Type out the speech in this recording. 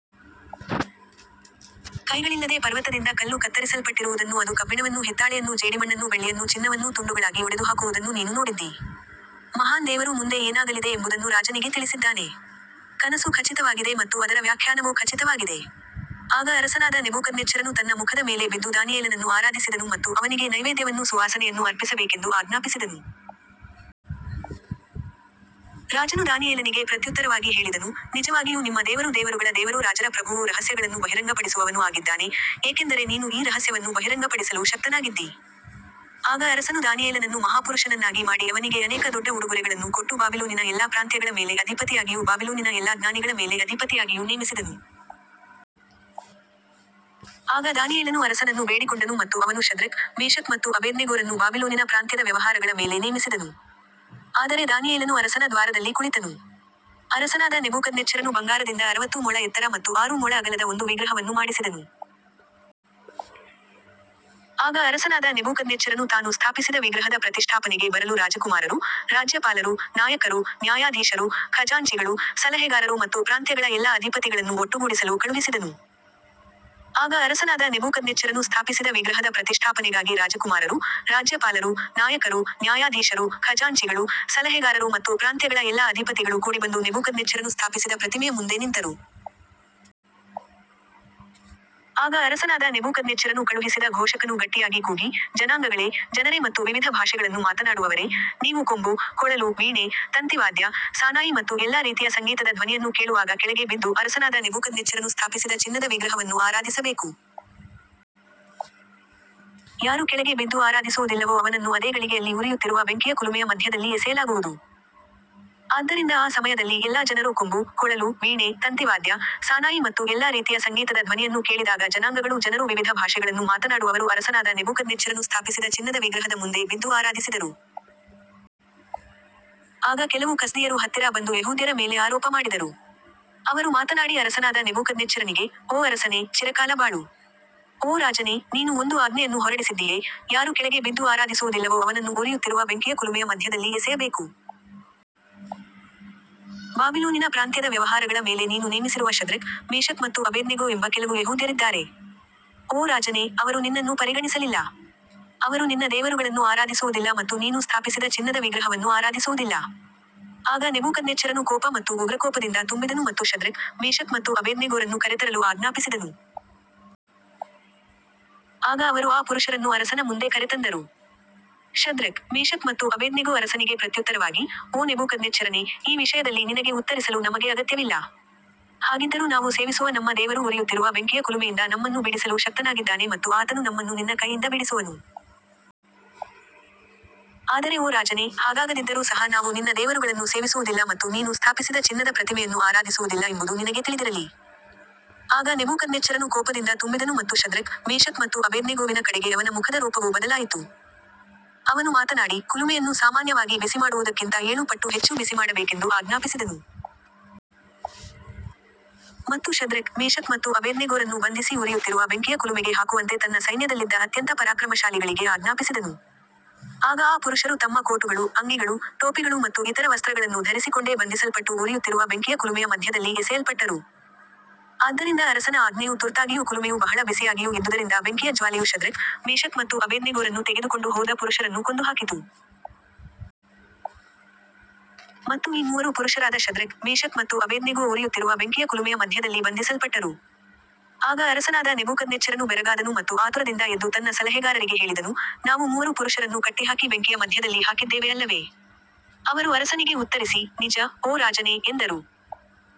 ಕೈಗಳಿಲ್ಲದೆ ಪರ್ವತದಿಂದ ಕಲ್ಲು ಕತ್ತರಿಸಲ್ಪಟ್ಟಿರುವುದನ್ನೂ ಅದು ಕಬ್ಬಿಣವನ್ನೂ ಹಿತ್ತಾಳೆಯನ್ನೂ ಜೇಡಿಮಣ್ಣನ್ನೂ ಬೆಳ್ಳಿಯನ್ನೂ ಚಿನ್ನವನ್ನೂ ತುಂಡುಗಳಾಗಿ ಒಡೆದುಹಾಕುವುದನ್ನೂ ನೀನು ನೋಡಿದ್ದೀ. ಮಹಾನ್ ದೇವರು ಮುಂದೆ ಏನಾಗಲಿದೆ ಎಂಬುದನ್ನು ರಾಜನಿಗೆ ತಿಳಿಸಿದ್ದಾನೆ. ಕನಸು ಖಚಿತವಾಗಿದೆ ಮತ್ತು ಅದರ ವ್ಯಾಖ್ಯಾನವೂ ಖಚಿತವಾಗಿದೆ. ಆಗ ಅರಸನಾದ ನೆಬೂಕದ್ನೆಚ್ಚರನು ತನ್ನ ಮುಖದ ಮೇಲೆ ಬಿದ್ದು ದಾನಿಯೇಲನನ್ನು ಆರಾಧಿಸಿದನು ಮತ್ತು ಅವನಿಗೆ ನೈವೇದ್ಯವನ್ನೂ ಸುವಾಸನೆಯನ್ನೂ ಅರ್ಪಿಸಬೇಕೆಂದು ಆಜ್ಞಾಪಿಸಿದನು. ರಾಜನು ದಾನಿಯೇಲನಿಗೆ ಪ್ರತ್ಯುತ್ತರವಾಗಿ ಹೇಳಿದನು, ನಿಜವಾಗಿಯೂ ನಿಮ್ಮ ದೇವರು ದೇವರುಗಳ ದೇವರೂ ರಾಜರ ಪ್ರಭುವೂ ರಹಸ್ಯಗಳನ್ನು ಬಹಿರಂಗಪಡಿಸುವವನೂ ಆಗಿದ್ದಾನೆ, ಏಕೆಂದರೆ ನೀನು ಈ ರಹಸ್ಯವನ್ನು ಬಹಿರಂಗಪಡಿಸಲು ಶಕ್ತನಾಗಿದ್ದೀ. ಆಗ ಅರಸನು ದಾನಿಯೇಲನನ್ನು ಮಹಾಪುರುಷನನ್ನಾಗಿ ಮಾಡಿ ಅವನಿಗೆ ಅನೇಕ ದೊಡ್ಡ ಉಡುಗೊರೆಗಳನ್ನು ಕೊಟ್ಟು ಬಾಬಿಲೋನಿನ ಎಲ್ಲಾ ಪ್ರಾಂತ್ಯಗಳ ಮೇಲೆ ಅಧಿಪತಿಯಾಗಿಯೂ ಬಾಬಿಲೋನಿನ ಎಲ್ಲಾ ಜ್ಞಾನಿಗಳ ಮೇಲೆ ಅಧಿಪತಿಯಾಗಿಯೂ ನೇಮಿಸಿದನು. ಆಗ ದಾನಿಯೇಲನು ಅರಸನನ್ನು ಬೇಡಿಕೊಂಡನು ಮತ್ತು ಅವನು ಶದ್ರಕ್, ಮೇಷಕ್ ಮತ್ತು ಅಬೇದ್ನೆಗೋರನ್ನು ಬಾಬಿಲೋನಿನ ಪ್ರಾಂತ್ಯದ ವ್ಯವಹಾರಗಳ ಮೇಲೆ ನೇಮಿಸಿದನು. ಆದರೆ ದಾನಿಯೇಲನು ಅರಸನ ದ್ವಾರದಲ್ಲಿ ಕುಳಿತನು. ಅರಸನಾದ ನೆಬೂಕದ್ನೆಚ್ಚರನು ಬಂಗಾರದಿಂದ ಅರವತ್ತು ಮೊಳ ಎತ್ತರ ಮತ್ತು ಆರು ಮೊಳ ಅಗಲದ ಒಂದು ವಿಗ್ರಹವನ್ನು ಮಾಡಿಸಿದನು. ಆಗ ಅರಸನಾದ ನೆಬೂಕದ್ನೆಚ್ಚರನು ತಾನು ಸ್ಥಾಪಿಸಿದ ವಿಗ್ರಹದ ಪ್ರತಿಷ್ಠಾಪನೆಗೆ ಬರಲು ರಾಜಕುಮಾರರು, ರಾಜ್ಯಪಾಲರು, ನಾಯಕರು, ನ್ಯಾಯಾಧೀಶರು, ಖಜಾಂಚಿಗಳು, ಸಲಹೆಗಾರರು ಮತ್ತು ಪ್ರಾಂತ್ಯಗಳ ಎಲ್ಲಾ ಅಧಿಪತಿಗಳನ್ನು ಒಟ್ಟುಗೂಡಿಸಲು ಕಳುಹಿಸಿದನು. ಆಗ ಅರಸನಾದ ನೆಬೂಕದ್ನೆಚ್ಚರನು ಸ್ಥಾಪಿಸಿದ ವಿಗ್ರಹದ ಪ್ರತಿಷ್ಠಾಪನೆಗಾಗಿ ರಾಜಕುಮಾರರು, ರಾಜ್ಯಪಾಲರು, ನಾಯಕರು, ನ್ಯಾಯಾಧೀಶರು, ಖಜಾಂಚಿಗಳು, ಸಲಹೆಗಾರರು ಮತ್ತು ಪ್ರಾಂತ್ಯಗಳ ಎಲ್ಲಾ ಅಧಿಪತಿಗಳು ಕೂಡಿಬಂದು ನೆಬೂಕದ್ನೆಚ್ಚರನು ಸ್ಥಾಪಿಸಿದ ಪ್ರತಿಮೆಯ ಮುಂದೆ ನಿಂತರು. ಆಗ ಅರಸನಾದ ನೆಬೂಕದ್ನೆಚ್ಚರನು ಕಳುಹಿಸಿದ ಘೋಷಕನು ಗಟ್ಟಿಯಾಗಿ ಕೂಗಿ, ಜನಾಂಗಗಳೇ, ಜನರೇ ಮತ್ತು ವಿವಿಧ ಭಾಷೆಗಳನ್ನು ಮಾತನಾಡುವವರೇ, ನೀವು ಕೊಂಬು, ಕೊಳಲು, ವೀಣೆ, ತಂತಿವಾದ್ಯ, ಸಾನಾಯಿ ಮತ್ತು ಎಲ್ಲಾ ರೀತಿಯ ಸಂಗೀತದ ಧ್ವನಿಯನ್ನು ಕೇಳುವಾಗ ಕೆಳಗೆ ಬಿದ್ದು ಅರಸನಾದ ನೆಬೂಕದ್ನೆಚ್ಚರನು ಸ್ಥಾಪಿಸಿದ ಚಿನ್ನದ ವಿಗ್ರಹವನ್ನು ಆರಾಧಿಸಬೇಕು. ಯಾರು ಕೆಳಗೆ ಬಿದ್ದು ಆರಾಧಿಸುವುದಿಲ್ಲವೋ ಅವನನ್ನು ಅದೇ ಗಳಿಗೆಯಲ್ಲಿ ಉರಿಯುತ್ತಿರುವ ಬೆಂಕಿಯ ಕುಲುಮೆಯ ಮಧ್ಯದಲ್ಲಿ ಎಸೆಯಲಾಗುವುದು. ಆದ್ದರಿಂದ ಆ ಸಮಯದಲ್ಲಿ ಎಲ್ಲಾ ಜನರು ಕೊಂಬು, ಕೊಳಲು, ವೀಣೆ, ತಂತಿವಾದ್ಯ, ಸಾನಾಯಿ ಮತ್ತು ಎಲ್ಲಾ ರೀತಿಯ ಸಂಗೀತದ ಧ್ವನಿಯನ್ನು ಕೇಳಿದಾಗ ಜನಾಂಗಗಳೂ ಜನರೂ ವಿವಿಧ ಭಾಷೆಗಳನ್ನು ಮಾತನಾಡುವವರೂ ಅರಸನಾದ ನೆಬೂಕದ್ನೆಚ್ಚರನು ಸ್ಥಾಪಿಸಿದ ಚಿನ್ನದ ವಿಗ್ರಹದ ಮುಂದೆ ಬಿದ್ದು ಆರಾಧಿಸಿದರು. ಆಗ ಕೆಲವು ಕಸ್ದೀಯರು ಹತ್ತಿರ ಬಂದು ಯೆಹೂದ್ಯರ ಮೇಲೆ ಆರೋಪ ಮಾಡಿದರು. ಅವರು ಮಾತನಾಡಿ ಅರಸನಾದ ನೆಬೂಕದ್ನೆಚ್ಚರನಿಗೆ, ಓ ಅರಸನೇ, ಚಿರಕಾಲ ಬಾಳು. ಓ ರಾಜನೇ, ನೀನು ಒಂದು ಆಜ್ಞೆಯನ್ನು ಹೊರಡಿಸಿದ್ದೀಯೆ, ಯಾರು ಕೆಳಗೆ ಬಿದ್ದು ಆರಾಧಿಸುವುದಿಲ್ಲವೋ ಅವನನ್ನು ಉರಿಯುತ್ತಿರುವ ಬೆಂಕಿಯ ಕುಲುಮೆಯ ಮಧ್ಯದಲ್ಲಿ ಎಸೆಯಬೇಕು. ಬಾಬಿಲೋನಿನ ಪ್ರಾಂತ್ಯದ ವ್ಯವಹಾರಗಳ ಮೇಲೆ ನೀನು ನೇಮಿಸಿರುವ ಶದ್ರಕ್, ಮೇಷಕ್ ಮತ್ತು ಅಬೇದ್ನೆಗೋ ಎಂಬ ಕೆಲವು ಯೆಹೂದ್ಯರಿದ್ದಾರೆ. ಓ ರಾಜನೇ, ಅವರು ನಿನ್ನನ್ನು ಪರಿಗಣಿಸಲಿಲ್ಲ. ಅವರು ನಿನ್ನ ದೇವರುಗಳನ್ನು ಆರಾಧಿಸುವುದಿಲ್ಲ ಮತ್ತು ನೀನು ಸ್ಥಾಪಿಸಿದ ಚಿನ್ನದ ವಿಗ್ರಹವನ್ನು ಆರಾಧಿಸುವುದಿಲ್ಲ. ಆಗ ನೆಬೂಕದ್ನೆಚ್ಚರನು ಕೋಪ ಮತ್ತು ಉಗ್ರಕೋಪದಿಂದ ತುಂಬಿದನು ಮತ್ತು ಶದ್ರಕ್, ಮೇಷಕ್ ಮತ್ತು ಅಬೇದ್ನೆಗೋರನ್ನು ಕರೆತರಲು ಆಜ್ಞಾಪಿಸಿದನು. ಆಗ ಅವರು ಆ ಪುರುಷರನ್ನು ಅರಸನ ಮುಂದೆ ಕರೆತಂದರು. ಶದ್ರಕ್, ಮೇಷಕ್ ಮತ್ತು ಅಬೇದ್ನೆಗೋ ಅರಸನಿಗೆ ಪ್ರತ್ಯುತ್ತರವಾಗಿ, ಓ ನೆಬೂಕದ್ನೆಚ್ಚರನೇ, ಈ ವಿಷಯದಲ್ಲಿ ನಿನಗೆ ಉತ್ತರಿಸಲು ನಮಗೆ ಅಗತ್ಯವಿಲ್ಲ. ಹಾಗಿದ್ದರೂ ನಾವು ಸೇವಿಸುವ ನಮ್ಮ ದೇವರು ಉರಿಯುತ್ತಿರುವ ಬೆಂಕಿಯ ಕುಲುಮೆಯಿಂದ ನಮ್ಮನ್ನು ಬಿಡಿಸಲು ಶಕ್ತನಾಗಿದ್ದಾನೆ ಮತ್ತು ಆತನು ನಮ್ಮನ್ನು ನಿನ್ನ ಕೈಯಿಂದ ಬಿಡಿಸುವನು. ಆದರೆ ಓ ರಾಜನೇ, ಹಾಗಾಗದಿದ್ದರೂ ಸಹ ನಾವು ನಿನ್ನ ದೇವರುಗಳನ್ನು ಸೇವಿಸುವುದಿಲ್ಲ ಮತ್ತು ನೀನು ಸ್ಥಾಪಿಸಿದ ಚಿನ್ನದ ಪ್ರತಿಮೆಯನ್ನು ಆರಾಧಿಸುವುದಿಲ್ಲ ಎಂಬುದು ನಿನಗೆ ತಿಳಿದಿರಲಿ. ಆಗ ನೆಬೂಕದ್ನೆಚ್ಚರನು ಕೋಪದಿಂದ ತುಂಬಿದನು ಮತ್ತು ಶದ್ರಕ್, ಮೇಷಕ್ ಮತ್ತು ಅಬೇದ್ನೆಗೋವಿನ ಕಡೆಗೆ ಅವನ ಮುಖದ ರೂಪವು ಬದಲಾಯಿತು. ಅವನು ಮಾತನಾಡಿ, ಕುಲುಮೆಯನ್ನು ಸಾಮಾನ್ಯವಾಗಿ ಬಿಸಿಮಾಡುವುದಕ್ಕಿಂತ ಏಳು ಪಟ್ಟು ಹೆಚ್ಚು ಬಿಸಿಮಾಡಬೇಕೆಂದು ಆಜ್ಞಾಪಿಸಿದನು. ಮತ್ತು ಶದ್ರಕ್, ಮೇಷಕ್ ಮತ್ತು ಅಬೇದ್ನೆಗೋರನ್ನು ಬಂಧಿಸಿ ಉರಿಯುತ್ತಿರುವ ಬೆಂಕಿಯ ಕುಲುಮೆಗೆ ಹಾಕುವಂತೆ ತನ್ನ ಸೈನ್ಯದಲ್ಲಿದ್ದ ಅತ್ಯಂತ ಪರಾಕ್ರಮಶಾಲಿಗಳಿಗೆ ಆಜ್ಞಾಪಿಸಿದನು. ಆಗ ಆ ಪುರುಷರು ತಮ್ಮ ಕೋಟುಗಳು, ಅಂಗಿಗಳು, ಟೋಪಿಗಳು ಮತ್ತು ಇತರ ವಸ್ತ್ರಗಳನ್ನು ಧರಿಸಿಕೊಂಡೇ ಬಂಧಿಸಲ್ಪಟ್ಟು ಉರಿಯುತ್ತಿರುವ ಬೆಂಕಿಯ ಕುಲುಮೆಯ ಮಧ್ಯದಲ್ಲಿ ಎಸೆಯಲ್ಪಟ್ಟರು. ಆದ್ದರಿಂದ ಅರಸನ ಆಜ್ಞೆಯು ತುರ್ತಾಗಿಯೂ ಕುಲುಮೆಯು ಬಹಳ ಬಿಸಿಯಾಗಿಯೂ ಇದ್ದುದರಿಂದ ಬೆಂಕಿಯ ಜ್ವಾಲೆಯು ಶದ್ರಕ್, ಮೇಷಕ್ ಮತ್ತು ಅಬೇದ್ನೆಗೋರನ್ನು ತೆಗೆದುಕೊಂಡು ಹೋದ ಪುರುಷರನ್ನು ಕೊಂದುಹಾಕಿತು. ಮತ್ತು ಈ ಮೂವರು ಪುರುಷರಾದ ಶದ್ರಕ್, ಮೇಷಕ್ ಮತ್ತು ಅಬೇದ್ನೆಗೋ ಉರಿಯುತ್ತಿರುವ ಬೆಂಕಿಯ ಕುಲುಮೆಯ ಮಧ್ಯದಲ್ಲಿ ಬಂಧಿಸಲ್ಪಟ್ಟರು. ಆಗ ಅರಸನಾದ ನೆಬೂಕದ್ನೆಚ್ಚರನು ಬೆರಗಾದನು ಮತ್ತು ಆತುರದಿಂದ ಎದ್ದು ತನ್ನ ಸಲಹೆಗಾರರಿಗೆ ಹೇಳಿದನು, ನಾವು ಮೂವರು ಪುರುಷರನ್ನು ಕಟ್ಟಿಹಾಕಿ ಬೆಂಕಿಯ ಮಧ್ಯದಲ್ಲಿ ಹಾಕಿದ್ದೇವೆ ಅಲ್ಲವೇ. ಅವರು ಅರಸನಿಗೆ ಉತ್ತರಿಸಿ, ನಿಜ, ಓ ರಾಜನೇ, ಎಂದರು.